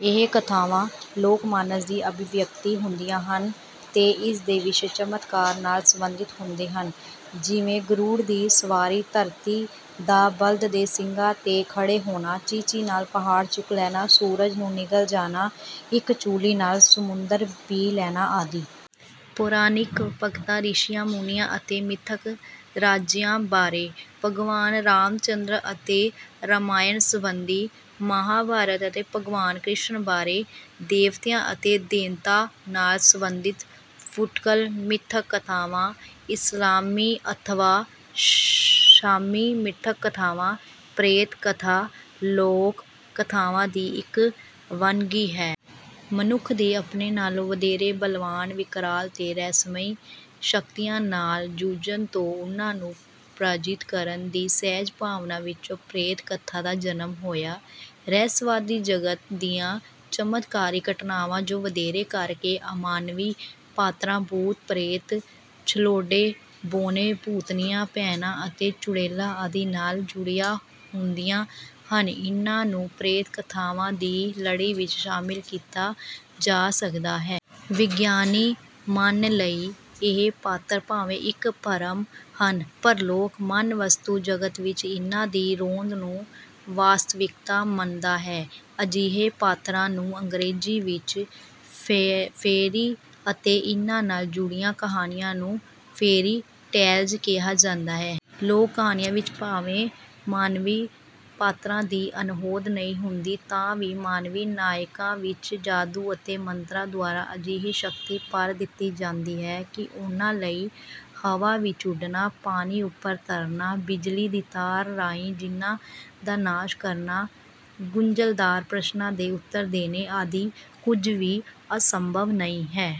ਇਹ ਕਥਾਵਾਂ ਲੋਕ ਮਾਨਸ ਦੀ ਅਭਿਵਿਅਕਤੀ ਹੁੰਦੀਆਂ ਹਨ ਤੇ ਇਸ ਦੇ ਵਿਸ਼ੇ ਚਮਤਕਾਰ ਨਾਲ ਸਬੰਧਿਤ ਹੁੰਦੇ ਹਨ। ਜਿਵੇਂ ਗਰੁੜ ਦੀ ਸਵਾਰੀ ਧਰਤੀ ਦਾ ਬਲਦ ਦੇ ਸਿੰਗਾਂ ਤੇ ਖੜੇ ਹੋਣਾ ਚੀਚੀ ਨਾਲ ਪਹਾੜ ਚੁੱਕ ਲੈਣਾ ਸੂਰਜ ਨੂੰ ਨਿਗਲ ਜਾਣਾ ਇੱਕ ਚੁਲੀ ਨਾਲ ਸਮੁੰਦਰ ਪੀ ਲੈਣਾ ਆਦਿ। ਪੌਰਾਣਿਕ ਭਗਤਾਂ ਰਿਸ਼ੀਆਂ ਮੁਨੀਆਂ ਅਤੇ ਮਿੱਥਕ ਰਾਜਿਆਂ ਬਾਰੇ। ਭਗਵਾਨ ਰਾਮਚੰਦਰ ਅਤੇ ਰਾਮਾਇਣ ਸਬੰਧੀ। ਮਹਾਭਾਰਤ ਅਤੇ ਭਗਵਾਨ ਕ੍ਰਿਸ਼ਨ ਬਾਰੇ। ਦੇਵਤਿਆਂ ਅਤੇ ਦੈਂਤਾਂ ਨਾਲ ਸਬੰਧਿਤ। ਫੁੱਟਕਲ ਮਿੱਥਕ ਕਥਾਵਾਂ। ਇਸਲਾਮੀ ਅਥਵਾ ਸਾਮੀ ਮਿੱਥਕ ਕਥਾਵਾਂ। ਪ੍ਰੇਤ ਕਥਾ ਲੋਕ ਕਥਾਵਾਂ ਦੀ ਇੱਕ ਵੰਨਗੀ ਹੈ। ਮਨੁੱਖ ਦੇ ਆਪਣੇ ਨਾਲ਼ੋਂ ਵਧੇਰੇ ਬਲਵਾਨ ਵਿਕਰਾਲ ਤੇ ਰਹੱਸਮਈ ਸ਼ਕਤੀਆਂ ਨਾਲ਼ ਜੂਝਣ ਤੇ ਉਹਨਾਂ ਨੂੰ ਪ੍ਰਾਜਿਤ ਕਰਨ ਦੀ ਸਹਿਜ ਭਾਵਨਾ ਵਿੱਚੋਂ ਪ੍ਰੇਤ ਕਥਾ ਦਾ ਜਨਮ ਹੋਇਆ। ਰਹੱਸਵਾਦੀ ਜਗਤ ਦੀਆਂ ਚਮਤਕਾਰੀ ਘਟਨਾਵਾਂ ਜੋ ਵਧੇਰੇ ਕਰ ਕੇ ਅਮਾਨਵੀ ਪਾਤਰਾਂ ਭੂਤ ਪ੍ਰੇਤ ਛਲੇਡੇ ਬੌਣੇ ਭੂਤਨੀਆਂ ਡੈਣਾਂ ਅਤੇ ਚੁੜੇਲਾਂ ਆਦਿ ਨਾਲ਼ ਜੁੜੀਆਂ ਹੁੰਦੀਆਂ ਹਨ ਇਹਨਾਂ ਨੂੰ ਪ੍ਰੇਤ ਕਥਾਵਾਂ ਦੀ ਲੜੀ ਵਿੱਚ ਸ਼ਾਮਿਲ ਕੀਤਾ ਜਾ ਸਕਦਾ ਹੈ। ਵਿਗਿਆਨੀ ਮਨ ਲਈ ਇਹ ਪਾਤਰ ਭਾਵੇਂ ਇੱਕ ਭਰਮ ਹਨ ਪਰ ਲੋਕ ਮਨ ਵਸਤੂ ਜਗਤ ਵਿੱਚ ਇਹਨਾਂ ਦੀ ਹੋਂਦ ਨੂੰ ਵਾਸਤਵਿਕਤਾ ਮੰਨਦਾ ਹੈ। ਅਜਿਹੇ ਪਾਤਰਾਂ ਨੂੰ ਅੰਗਰੇਜ਼ੀ ਵਿੱਚ ਫੇਅਰੀ ਅਤੇ ਇਹਨਾਂ ਨਾਲ਼ ਜੁੜੀਆਂ ਕਹਾਣੀਆਂ ਨੂੰ ਫੇਅਰੀ ਟੇਲਜ਼ ਕਿਹਾ ਜਾਂਦਾ ਹੈ। ਲੋਕ ਕਹਾਣੀਆਂ ਵਿੱਚ ਭਾਵੇਂ ਮਾਨਵੀ ਪਾਤਰਾਂ ਦੀ ਅਣਹੋਂਦ ਨਹੀਂ ਹੁੰਦੀ ਤਾਂ ਵੀ ਮਾਨਵੀ ਨਾਇਕਾਂ ਵਿੱਚ ਜਾਦੂ ਅਤੇ ਮੰਤਰਾਂ ਦੁਆਰਾ ਅਜਿਹੀ ਸ਼ਕਤੀ ਭਰ ਦਿੱਤੀ ਜਾਂਦੀ ਹੈ ਕਿ ਉਹਨਾਂ ਲਈ ਹਵਾ ਵਿੱਚ ਉੱਡਣਾ ਪਾਣੀ ਉੱਪਰ ਤਰਨਾ ਬਿਜਲੀ ਦੀ ਤਾਰ ਰਾਹੀਂ ਜਿੰਨਾਂ ਦਾ ਨਾਸ਼ ਕਰਨਾ ਗੁੰਝਲਦਾਰ ਪ੍ਰਸ਼ਨਾਂ ਦੇ ਉੱਤਰ ਦੇਣੇ ਆਦਿ ਕੁੱਝ ਵੀ ਅਸੰਭਵ ਨਹੀਂ ਹੈ।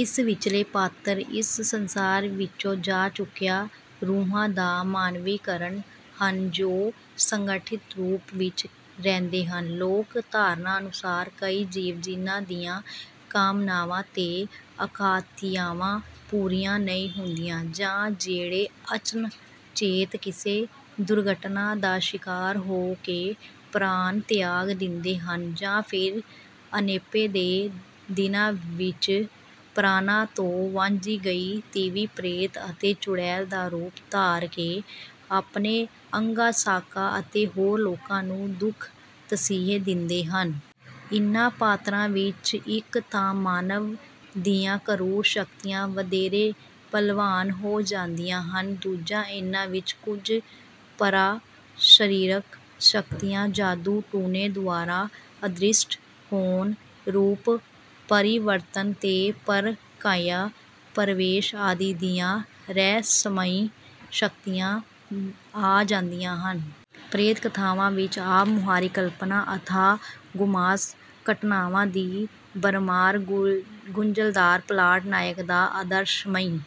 ਇਸ ਵਿੱਚਲੇ ਪਾਤਰ ਇਸ ਸੰਸਾਰ ਵਿੱਚੋਂ ਜਾ ਚੁੱਕੀਆਂ ਰੂਹਾਂ ਦਾ ਮਾਨਵੀਕਰਨ ਹਨ ਜੋ ਸੰਗਠਿਤ ਰੂਪ ਵਿੱਚ ਰਹਿੰਦੇ ਹਨ। ਲੋਕ ਧਾਰਨਾ ਅਨੁਸਾਰ ਕਈ ਜੀਵ ਜਿਹਨਾਂ ਦੀਆਂ ਕਾਮਨਾਵਾਂ ਤੇ ਅਕਾਂਖਿਆਵਾਂ ਪੂਰੀਆਂ ਨਹੀਂ ਹੁੰਦੀਆਂ ਜਾਂ ਜਿਹੜੇ ਅਚਨਚੇਤ ਕਿਸੇ ਦੁਰਘਟਨਾ ਦਾ ਸ਼ਿਕਾਰ ਹੋ ਕੇ ਪ੍ਰਾਣ ਤਿਆਗ ਦਿੰਦੇ ਹਨ ਜਾਂ ਫਿਰ ਜਣੇਪੇ ਦੇ ਦਿਨਾਂ ਵਿੱਚ ਪ੍ਰਾਣਾਂ ਤੋਂ ਵਾਂਝੀ ਗਈ ਤੀਵੀਂ ਪ੍ਰੇਤ ਅਤੇ ਚੁੜੇਲ ਦਾ ਰੂਪ ਧਾਰ ਕੇ ਆਪਣੇ ਅੰਗਾਂ ਸਾਕਾਂ ਅਤੇ ਹੋਰ ਲੋਕਾਂ ਨੂੰ ਦੁੱਖ ਤਸੀਹੇ ਦਿੰਦੇ ਹਨ। ਇਹਨਾਂ ਪਾਤਰਾਂ ਵਿੱਚ ਇੱਕ ਤਾਂ ਮਾਨਵ ਦੀਆਂ ਕਰੂਰ ਸ਼ਕਤੀਆਂ ਵਧੇਰੇ ਬਲਵਾਨ ਹੋ ਜਾਂਦੀਆਂ ਹਨ। ਦੂਜਾ ਇਹਨਾਂ ਵਿੱਚ ਕੁੱਝ ਪਰਾ ਸਰੀਰਕ ਸ਼ਕਤੀਆਂ ਜਾਦੂ ਟੂਣੇ ਦੁਆਰਾ ਅਦ੍ਰਿਸ਼ਟ ਹੋਣ ਰੂਪ ਪਰਿਵਰਤਨ ਤੇ ਪਰ ਕਾਇਆ ਪ੍ਰਵੇਸ਼ ਆਦਿ ਦੀਆਂ ਰਹੱਸਮਈ ਸ਼ਕਤੀਆਂ ਆ ਜਾਂਦੀਆਂ ਹਨ। ਪ੍ਰੇਤ ਕਥਾਵਾਂ ਵਿੱਚ ਆਪ ਮੁਹਾਰੀ ਕਲਪਨਾ ਅਥਾਹ ਰੁਮਾਂਸ ਘਟਨਾਵਾਂ ਦੀ ਭਰਮਾਰ ਗੁੰਝਲਦਾਰ ਪਲਾਟ ਨਾਇਕ ਦਾ ਆਦਰਸ਼ਮਈ